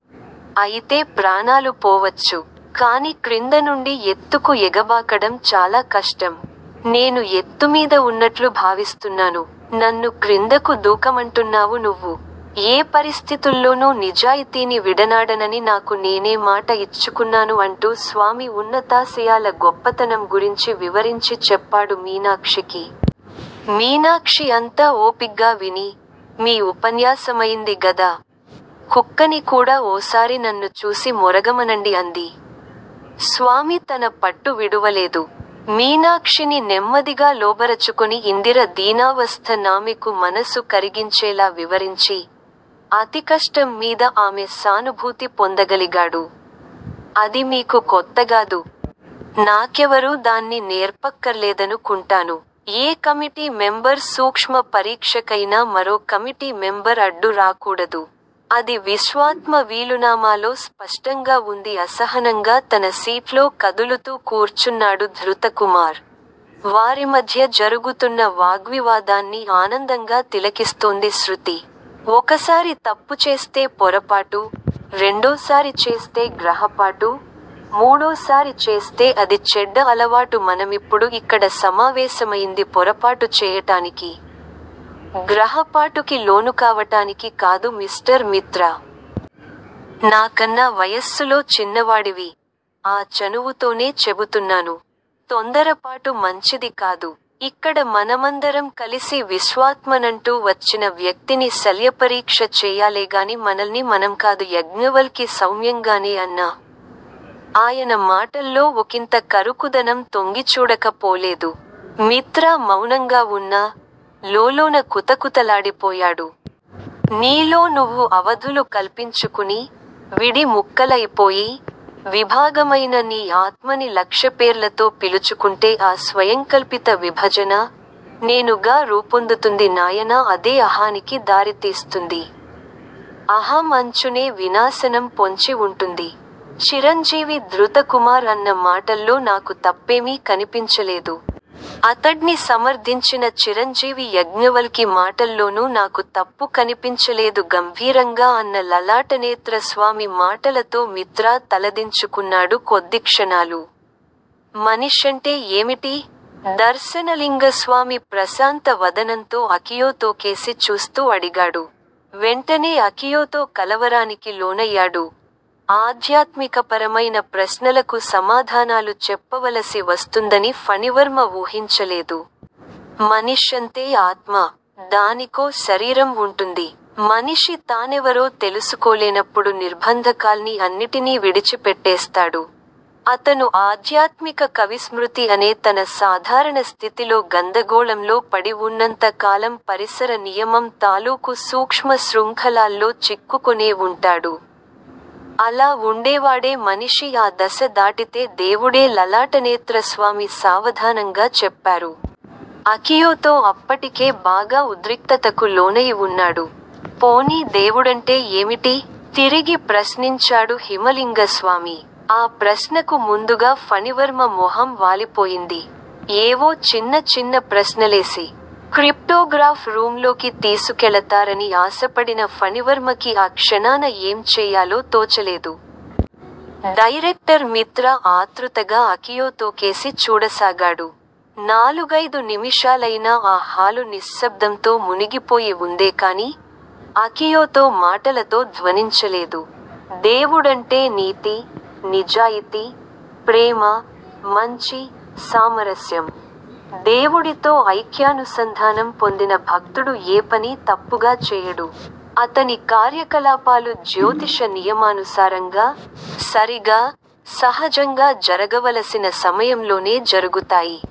అయితే ప్రాణాలు పోవచ్చు. కాని క్రింద నుండి ఎత్తుకు ఎగబాకడం చాలా కష్టం. నేను ఎత్తుమీద ఉన్నట్లు భావిస్తున్నాను. నన్ను క్రిందకు దూకమంటున్నావు నువ్వు. ఏ పరిస్థితుల్లోనూ నిజాయితీని విడనాడనని నాకు నేనే మాట ఇచ్చుకున్నాను అంటూ స్వామి ఉన్నతాశయాల గొప్పతనం గురించి వివరించి చెప్పాడు మీనాక్షికి. మీనాక్షి అంతా ఓపిగ్గా విని- మీ ఉపన్యాసమయింది గదా-కుక్కని కూడా ఓసారి నన్ను చూసి మొరగమనండి అంది. స్వామి తన పట్టు విడువలేదు. మీనాక్షిని నెమ్మదిగా లోబరచుకొని ఇందిర దీనావస్థ నామెకు మనసు కరిగించేలా వివరించి, అతికష్టం మీద ఆమె సానుభూతి పొందగలిగాడు. అది మీకు కొత్తగాదు. నాకెవరూ దాన్ని నేర్పక్కర్లేదను కుంటాను. ఏ కమిటీ మెంబర్ సూక్ష్మ పరీక్షకయినా మరో కమిటీ మెంబర్ అడ్డు రాకూడదు. అది విశ్వాత్మ వీలునామాలో స్పష్టంగా వుంది అసహనంగా తన సీట్లో కదులుతూ కూర్చున్నాడు ధృతకుమార్. వారిమధ్య జరుగుతున్న వాగ్వివాదాన్ని ఆనందంగా తిలకిస్తోంది శృతి. ఒకసారి తప్పుచేస్తే పొరపాటు- రెండోసారి చేస్తే గ్రహపాటు- మూడోసారి చేస్తే అది చెడ్డ అలవాటు మనమిప్పుడు ఇక్కడ సమావేశమయింది పొరపాటు చేయటానికి, గ్రహపాటుకి లోనుకావటానికి కాదు మిస్టర్ మిత్రా. నాకన్నా వయస్సులో చిన్నవాడివి- ఆ చనువుతోనే చెబుతున్నాను. తొందరపాటు మంచిది కాదు. ఇక్కడ మనమందరం కలిసి విశ్వాత్మనంటూ వచ్చిన వ్యక్తిని శల్యపరీక్ష చేయాలేగాని మనల్ని మనంకాదు యజ్ఞవల్కి సౌమ్యంగానే అన్నా, ఆయన మాటల్లో ఒకింత కరుకుదనం తొంగిచూడక పోలేదు. మిత్రా మౌనంగా వున్నా, లోలోన కుతకుతలాడిపోయాడు. నీలో నువ్వు అవధులు కల్పించుకుని, విడి ముక్కలై పోయి, విభాగమయిన నీ ఆత్మని లక్షపేర్లతో పిలుచుకుంటే ఆ స్వయంకల్పిత విభజన 'నేను'గా రూపొందుతుంది నాయనా అదే అహానికి దారితీస్తుంది. అహం అంచునే వినాశనం పొంచి వుంటుంది. చిరంజీవి ధృతకుమార్ అన్న మాటల్లో నాకు తప్పేమీ కనిపించలేదు. అతడ్ని సమర్ధించిన చిరంజీవి యజ్ఞవల్కి మాటల్లోనూ నాకు తప్పు కనిపించలేదు గంభీరంగా అన్న లలాటనేత్రస్వామి మాటలతో మిత్రా తలదించుకున్నాడు కొద్దిక్షణాలు. మనిషంటే ఏమిటి? దర్శనలింగస్వామి ప్రశాంత వదనంతో అకియోతోకేసి చూస్తూ అడిగాడు. వెంటనే అకియోతో కలవరానికి లోనయ్యాడు- ఆధ్యాత్మికపరమైన ప్రశ్నలకు సమాధానాలు చెప్పవలసి వస్తుందని ఫణివర్మ వూహించలేదు. మనిషంతే ఆత్మ. దానికో శరీరం వుంటుంది. మనిషి తానెవరో తెలుసుకోలేనప్పుడు నిర్భంధకాల్ని అన్నిటినీ విడిచిపెట్టేస్తాడు. అతను ఆధ్యాత్మిక కవిస్మృతి అనే తన సాధారణ స్థితిలో గందరగోళంలో పడి వున్నంత కాలం పరిసర నియమం తాలూకు సూక్ష్మ శృంఖలాల్లో చిక్కుకొనే వుంటాడు. అలా వుండేవాడే మనిషి- ఆ దశ దాటితే దేవుడే లలాటనేత్రస్వామి సావధానంగా చెప్పారు. అకియోతో అప్పటికే బాగా ఉద్రిక్తతకు లోనయి వున్నాడు. పోనీ దేవుడంటే ఏమిటి? తిరిగి ప్రశ్నించాడు హిమలింగస్వామి. ఆ ప్రశ్నకు ముందుగా ఫణివర్మ మొహం వాలిపోయింది. ఏవో చిన్న చిన్న ప్రశ్నలేసి, క్రిప్టోగ్రాఫ్ రూమ్ లోకి తీసుకెళతారని ఆశపడిన ఫణివర్మకి ఆ క్షణాన ఏం చేయాలో తోచలేదు. డైరెక్టర్ మిత్రా ఆత్రుతగా అకియోతోకేసి చూడసాగాడు. నాలుగైదు నిమిషాలయినా ఆ హాలు నిశ్శబ్దంతో మునిగిపోయి వుందేకాని, అకియోతో మాటలతో ధ్వనించలేదు. దేవుడంటే నీతి-నిజాయితీ-ప్రేమ-మంచి-సామరస్యం. దేవుడితో ఐక్యానుసంధానం పొందిన భక్తుడు ఏ పనీ తప్పుగా చేయడు. అతని కార్యకలాపాలు జ్యోతిష నియమానుసారంగా, సరిగా, సహజంగా జరగవలసిన సమయంలోనే జరుగుతాయి.